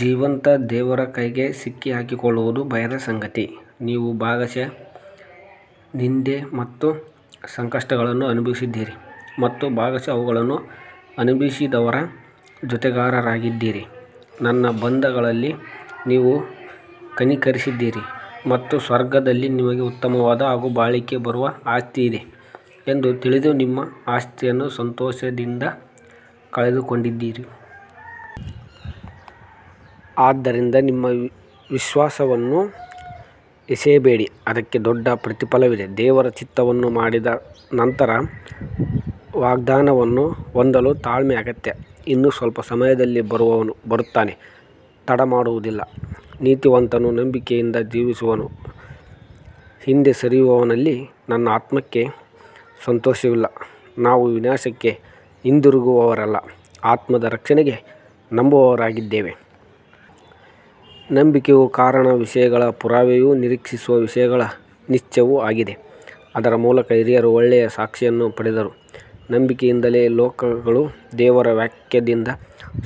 ಜೀವಂತ ದೇವರ ಕೈಗೆ ಸಿಕ್ಕಿಹಾಕಿಕೊಳ್ಳುವುದು ಭಯದ ಸಂಗತಿ. ನೀವು ಭಾಗಶಃ ನಿಂದೆ ಮತ್ತು ಸಂಕಟಗಳನ್ನು ಅನುಭವಿಸಿದಿರಿ ಮತ್ತು ಭಾಗಶಃ ಅವುಗಳನ್ನು ಅನುಭವಿಸಿದವರ ಜೊತೆಗಾರರಾದಿರಿ. ನನ್ನ ಬಂಧಗಳಲ್ಲಿ ನೀವು ಕನಿಕರಿಸಿದಿರಿ ಮತ್ತು ಸ್ವರ್ಗದಲ್ಲಿ ನಿಮಗೆ ಉತ್ತಮವಾದ ಹಾಗೂ ಬಾಳಿಕೆ ಬರುವ ಆಸ್ತಿಯಿದೆ ಎಂದು ತಿಳಿದು ನಿಮ್ಮ ಆಸ್ತಿಯನ್ನು ಸಂತೋಷದಿಂದ ಕಳೆದುಕೊಂಡಿರಿ. ಆದ್ದರಿಂದ ನಿಮ್ಮ ವಿಶ್ವಾಸವನ್ನು ಎಸೆಯಬೇಡಿ, ಅದಕ್ಕೆ ದೊಡ್ಡ ಪ್ರತಿಫಲವಿದೆ. ದೇವರ ಚಿತ್ತವನ್ನು ಮಾಡಿದ ನಂತರ ವಾಗ್ದಾನವನ್ನು ಹೊಂದಲು ತಾಳ್ಮೆ ಅಗತ್ಯ. ಇನ್ನೂ ಸ್ವಲ್ಪ ಸಮಯದಲ್ಲಿ ಬರುವವನು ಬರುತ್ತಾನೆ, ತಡಮಾಡುವುದಿಲ್ಲ. ನೀತಿವಂತನು ನಂಬಿಕೆಯಿಂದ ಜೀವಿಸುವನು, ಹಿಂದೆ ಸರಿಯುವವನಲ್ಲಿ ನನ್ನ ಆತ್ಮಕ್ಕೆ ಸಂತೋಷವಿಲ್ಲ. ನಾವು ವಿನಾಶಕ್ಕೆ ಹಿಂದಿರುಗುವವರಲ್ಲ, ಆತ್ಮದ ರಕ್ಷಣೆಗೆ ನಂಬುವವರಾಗಿದ್ದೇವೆ. ನಂಬಿಕೆಯು ಕಾಣದ ವಿಷಯಗಳ ಪುರಾವೆಯೂ ನಿರೀಕ್ಷಿಸುವ ವಿಷಯಗಳ ನಿಶ್ಚಯವೂ ಆಗಿದೆ. ಅದರ ಮೂಲಕ ಹಿರಿಯರು ಒಳ್ಳೆಯ ಸಾಕ್ಷಿಯನ್ನು ಪಡೆದರು. ನಂಬಿಕೆಯಿಂದಲೇ ಲೋಕಗಳು ದೇವರ ವಾಕ್ಯದಿಂದ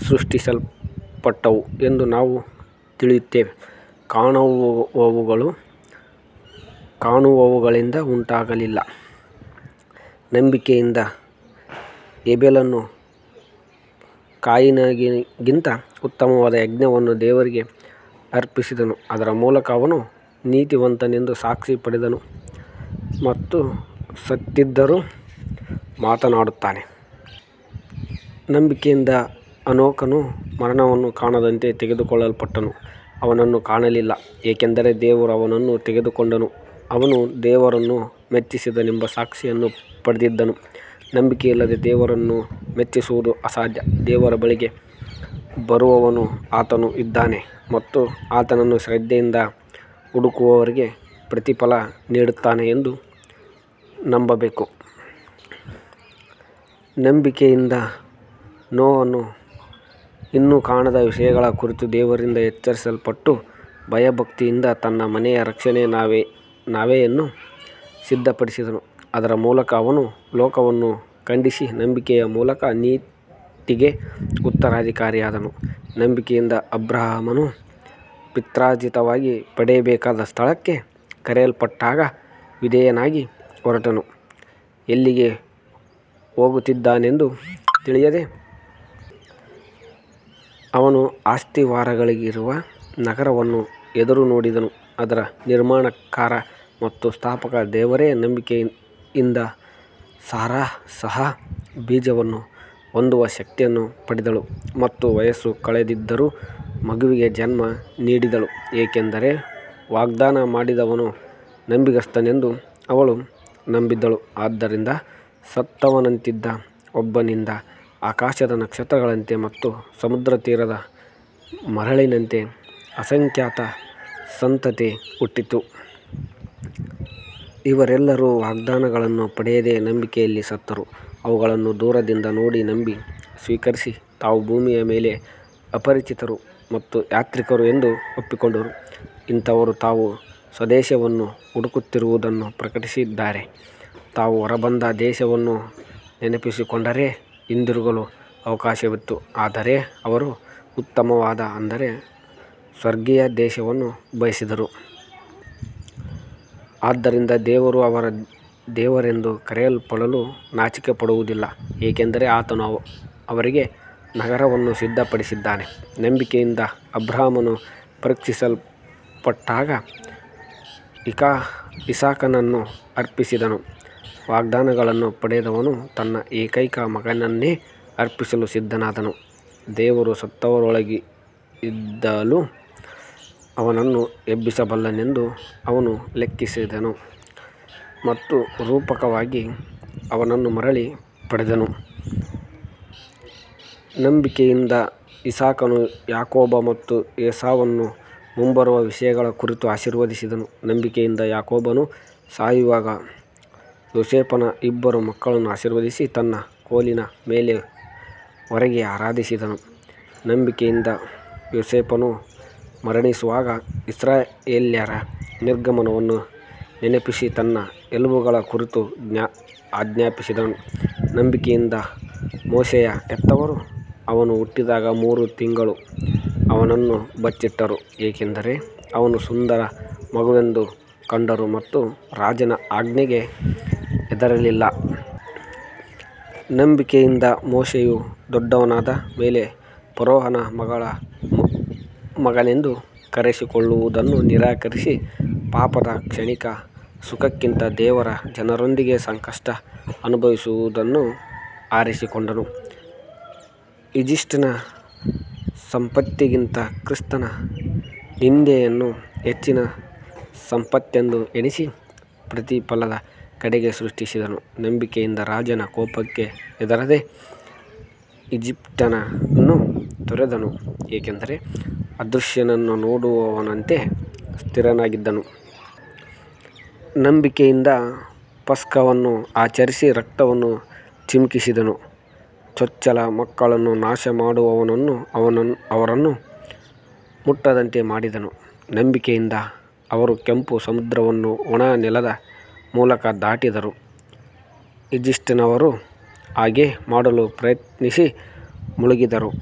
ಸೃಷ್ಟಿಸಲ್ಪಟ್ಟವು ಎಂದು ನಾವು ತಿಳಿಯುತ್ತೇವೆ, ಕಾಣುವವುಗಳು ಕಾಣುವವುಗಳಿಂದ ಉಂಟಾಗಲಿಲ್ಲ. ನಂಬಿಕೆಯಿಂದ ಹೇಬೆಲನು ಕಾಯಿನನಿಗಿಂತ ಉತ್ತಮವಾದ ಯಜ್ಞವನ್ನು ದೇವರಿಗೆ ಅರ್ಪಿಸಿದನು. ಅದರ ಮೂಲಕ ಅವನು ನೀತಿವಂತನೆಂದು ಸಾಕ್ಷಿ ಪಡೆದನು ಮತ್ತು ಸತ್ತಿದ್ದರೂ ಮಾತನಾಡುತ್ತಾನೆ. ನಂಬಿಕೆಯಿಂದ ಹನೋಕನು ಮರಣವನ್ನು ಕಾಣದಂತೆ ತೆಗೆದುಕೊಳ್ಳಲ್ಪಟ್ಟನು. ಅವನನ್ನು ಕಾಣಲಿಲ್ಲ, ಏಕೆಂದರೆ ದೇವರು ಅವನನ್ನು ತೆಗೆದುಕೊಂಡನು. ಅವನು ದೇವರನ್ನು ಮೆಚ್ಚಿಸಿದನೆಂಬ ಸಾಕ್ಷಿಯನ್ನು ಪಡೆದಿದ್ದನು. ನಂಬಿಕೆಯಿಲ್ಲದೆ ದೇವರನ್ನು ಮೆಚ್ಚಿಸುವುದು ಅಸಾಧ್ಯ. ದೇವರ ಬಳಿಗೆ ಬರುವವನು ಆತನು ಇದ್ದಾನೆ ಮತ್ತು ಆತನನ್ನು ಶ್ರದ್ಧೆಯಿಂದ ಹುಡುಕುವವರಿಗೆ ಪ್ರತಿಫಲ ನೀಡುತ್ತಾನೆ ಎಂದು ನಂಬಬೇಕು. ನಂಬಿಕೆಯಿಂದ ನೋಹನು ಇನ್ನೂ ಕಾಣದ ವಿಷಯಗಳ ಕುರಿತು ದೇವರಿಂದ ಎಚ್ಚರಿಸಲ್ಪಟ್ಟು ಭಯಭಕ್ತಿಯಿಂದ ತನ್ನ ಮನೆಯ ರಕ್ಷಣೆಗೆ ನಾವೆಯನ್ನು ಸಿದ್ಧಪಡಿಸಿದನು. ಅದರ ಮೂಲಕ ಅವನು ಲೋಕವನ್ನು ಖಂಡಿಸಿ ನಂಬಿಕೆಯ ಮೂಲಕ ನೀತಿಗೆ ಉತ್ತರಾಧಿಕಾರಿಯಾದನು. ನಂಬಿಕೆಯಿಂದ ಅಬ್ರಹಾಮನು ಪಿತ್ರಾರ್ಜಿತವಾಗಿ ಪಡೆಯಬೇಕಾದ ಸ್ಥಳಕ್ಕೆ ಕರೆಯಲ್ಪಟ್ಟಾಗ ವಿಧೇಯನಾಗಿ ಹೊರಟನು, ಎಲ್ಲಿಗೆ ಹೋಗುತ್ತಿದ್ದಾನೆಂದು ತಿಳಿಯದೆ. ಅವನು ಅಸ್ತಿವಾರಗಳಿರುವ ನಗರವನ್ನು ಎದುರುನೋಡಿದನು, ಅದರ ನಿರ್ಮಾಣಕಾರ ಮತ್ತು ಸ್ಥಾಪಕ ದೇವರೇ. ನಂಬಿಕೆಯಿಂದ ಸಾರಾ ಸಹ ಬೀಜವನ್ನು ಹೊಂದುವ ಶಕ್ತಿಯನ್ನು ಪಡೆದಳು ಮತ್ತು ವಯಸ್ಸು ಕಳೆದಿದ್ದರೂ ಮಗುವಿಗೆ ಜನ್ಮ ನೀಡಿದಳು, ಏಕೆಂದರೆ ವಾಗ್ದಾನ ಮಾಡಿದವನು ನಂಬಿಗಸ್ತನೆಂದು ಅವಳು ನಂಬಿದಳು. ಆದ್ದರಿಂದ ಸತ್ತವನಂತಿದ್ದ ಒಬ್ಬನಿಂದ ಆಕಾಶದ ನಕ್ಷತ್ರಗಳಂತೆ ಮತ್ತು ಸಮುದ್ರತೀರದ ಮರಳಿನಂತೆ ಅಸಂಖ್ಯಾತ ಸಂತತಿ ಹುಟ್ಟಿತು. ಇವರೆಲ್ಲರೂ ವಾಗ್ದಾನಗಳನ್ನು ಪಡೆಯದೆ ನಂಬಿಕೆಯಲ್ಲಿ ಸತ್ತರು. ಅವುಗಳನ್ನು ದೂರದಿಂದ ನೋಡಿ, ನಂಬಿ, ಸ್ವೀಕರಿಸಿ, ತಾವು ಭೂಮಿಯ ಮೇಲೆ ಅಪರಿಚಿತರು ಮತ್ತು ಯಾತ್ರಿಕರು ಎಂದು ಒಪ್ಪಿಕೊಂಡರು. ಇಂಥವರು ತಾವು ಸ್ವದೇಶವನ್ನು ಹುಡುಕುತ್ತಿರುವುದನ್ನು ಪ್ರಕಟಿಸುತ್ತಾರೆ. ತಾವು ಹೊರಬಂದ ದೇಶವನ್ನು ನೆನಪಿಸಿಕೊಂಡಿದ್ದರೆ ಹಿಂದಿರುಗಲು ಅವಕಾಶವಿತ್ತು. ಆದರೆ ಅವರು ಉತ್ತಮವಾದ, ಅಂದರೆ ಸ್ವರ್ಗೀಯ ದೇಶವನ್ನು ಬಯಸಿದರು. ಆದ್ದರಿಂದ ದೇವರು ಅವರ ದೇವರೆಂದು ಕರೆಯಲ್ಪಡಲು ನಾಚಿಕೆಪಡುವುದಿಲ್ಲ, ಏಕೆಂದರೆ ಆತನು ಅವರಿಗೆ ನಗರವನ್ನು ಸಿದ್ಧಪಡಿಸಿದ್ದಾನೆ. ನಂಬಿಕೆಯಿಂದ ಅಬ್ರಹಾಮನು ಪರೀಕ್ಷಿಸಲ್ಪಟ್ಟಾಗ ಇಸಾಕನನ್ನು ಅರ್ಪಿಸಿದನು. ವಾಗ್ದಾನಗಳನ್ನು ಪಡೆದವನು ತನ್ನ ಏಕೈಕ ಮಗನನ್ನೇ ಅರ್ಪಿಸಲು ಸಿದ್ಧನಾದನು. ದೇವರು ಸತ್ತವರೊಳಗಿಂದಲೂ ಅವನನ್ನು ಎಬ್ಬಿಸಬಲ್ಲನೆಂದು ಅವನು ಲೆಕ್ಕಿಸಿದನು ಮತ್ತು ರೂಪಕವಾಗಿ ಅವನನ್ನು ಮರಳಿ ಪಡೆದನು. ನಂಬಿಕೆಯಿಂದ ಇಸಾಕನು ಯಾಕೋಬ ಮತ್ತು ಏಸಾವನ್ನು ಮುಂಬರುವ ವಿಷಯಗಳ ಕುರಿತು ಆಶೀರ್ವದಿಸಿದನು. ನಂಬಿಕೆಯಿಂದ ಯಾಕೋಬನು ಸಾಯುವಾಗ ಯೋಸೇಫನ ಇಬ್ಬರು ಮಕ್ಕಳನ್ನು ಆಶೀರ್ವದಿಸಿ ತನ್ನ ಕೋಲಿನ ಮೇಲೆ ಒರಗಿ ಆರಾಧಿಸಿದನು. ನಂಬಿಕೆಯಿಂದ ಯೋಸೇಫನು ಮರಣಿಸುವಾಗ ಇಸ್ರಾಯೇಲ್ಯರ ನಿರ್ಗಮನವನ್ನು ನೆನಪಿಸಿ ತನ್ನ ಎಲುಬುಗಳ ಕುರಿತು ಆಜ್ಞಾಪಿಸಿದನು. ನಂಬಿಕೆಯಿಂದ ಮೋಶೆಯ ಹೆತ್ತವರು ಅವನು ಹುಟ್ಟಿದಾಗ ಮೂರು ತಿಂಗಳು ಅವನನ್ನು ಬಚ್ಚಿಟ್ಟರು, ಏಕೆಂದರೆ ಅವನು ಸುಂದರ ಮಗುವೆಂದು ಕಂಡರು ಮತ್ತು ರಾಜನ ಆಜ್ಞೆಗೆ ಹೆದರಲಿಲ್ಲ. ನಂಬಿಕೆಯಿಂದ ಮೋಶೆಯು ದೊಡ್ಡವನಾದ ಮೇಲೆ ಫರೋಹನ ಮಗಳ ಮಗನೆಂದು ಕರೆಯಿಸಿಕೊಳ್ಳುವುದನ್ನು ನಿರಾಕರಿಸಿ, ಪಾಪದ ಕ್ಷಣಿಕ ಸುಖಕ್ಕಿಂತ ದೇವರ ಜನರೊಂದಿಗೆ ಸಂಕಟ ಅನುಭವಿಸುವುದನ್ನು ಆರಿಸಿಕೊಂಡನು. ಈಜಿಪ್ಟಿನ ಸಂಪತ್ತಿಗಿಂತ ಕ್ರಿಸ್ತನ ನಿಂದೆಯನ್ನು ಹೆಚ್ಚಿನ ಸಂಪತ್ತೆಂದು ಎಣಿಸಿ ಪ್ರತಿಫಲದ ಕಡೆಗೆ ದೃಷ್ಟಿಸಿದನು. ನಂಬಿಕೆಯಿಂದ ರಾಜನ ಕೋಪಕ್ಕೆ ಹೆದರದೆ ಈಜಿಪ್ಟನ್ನು ತೊರೆದನು, ಏಕೆಂದರೆ ಅದೃಶ್ಯನನ್ನು ನೋಡುವವನಂತೆ ಸ್ಥಿರನಾಗಿದ್ದನು. ನಂಬಿಕೆಯಿಂದ ಪಸ್ಕವನ್ನು ಆಚರಿಸಿ ರಕ್ತವನ್ನು ಚಿಮುಕಿಸಿದನು, ಚೊಚ್ಚಲ ಮಕ್ಕಳನ್ನು ನಾಶಮಾಡುವವನು ಅವರನ್ನು ಮುಟ್ಟದಂತೆ ಮಾಡಿದನು. ನಂಬಿಕೆಯಿಂದ ಅವರು ಕೆಂಪು ಸಮುದ್ರವನ್ನು ಒಣ ನೆಲದ ಮೂಲಕ ದಾಟಿದರು, ಈಜಿಪ್ಟಿನವರು ಹಾಗೆ ಮಾಡಲು ಪ್ರಯತ್ನಿಸಿ ಮುಳುಗಿದರು.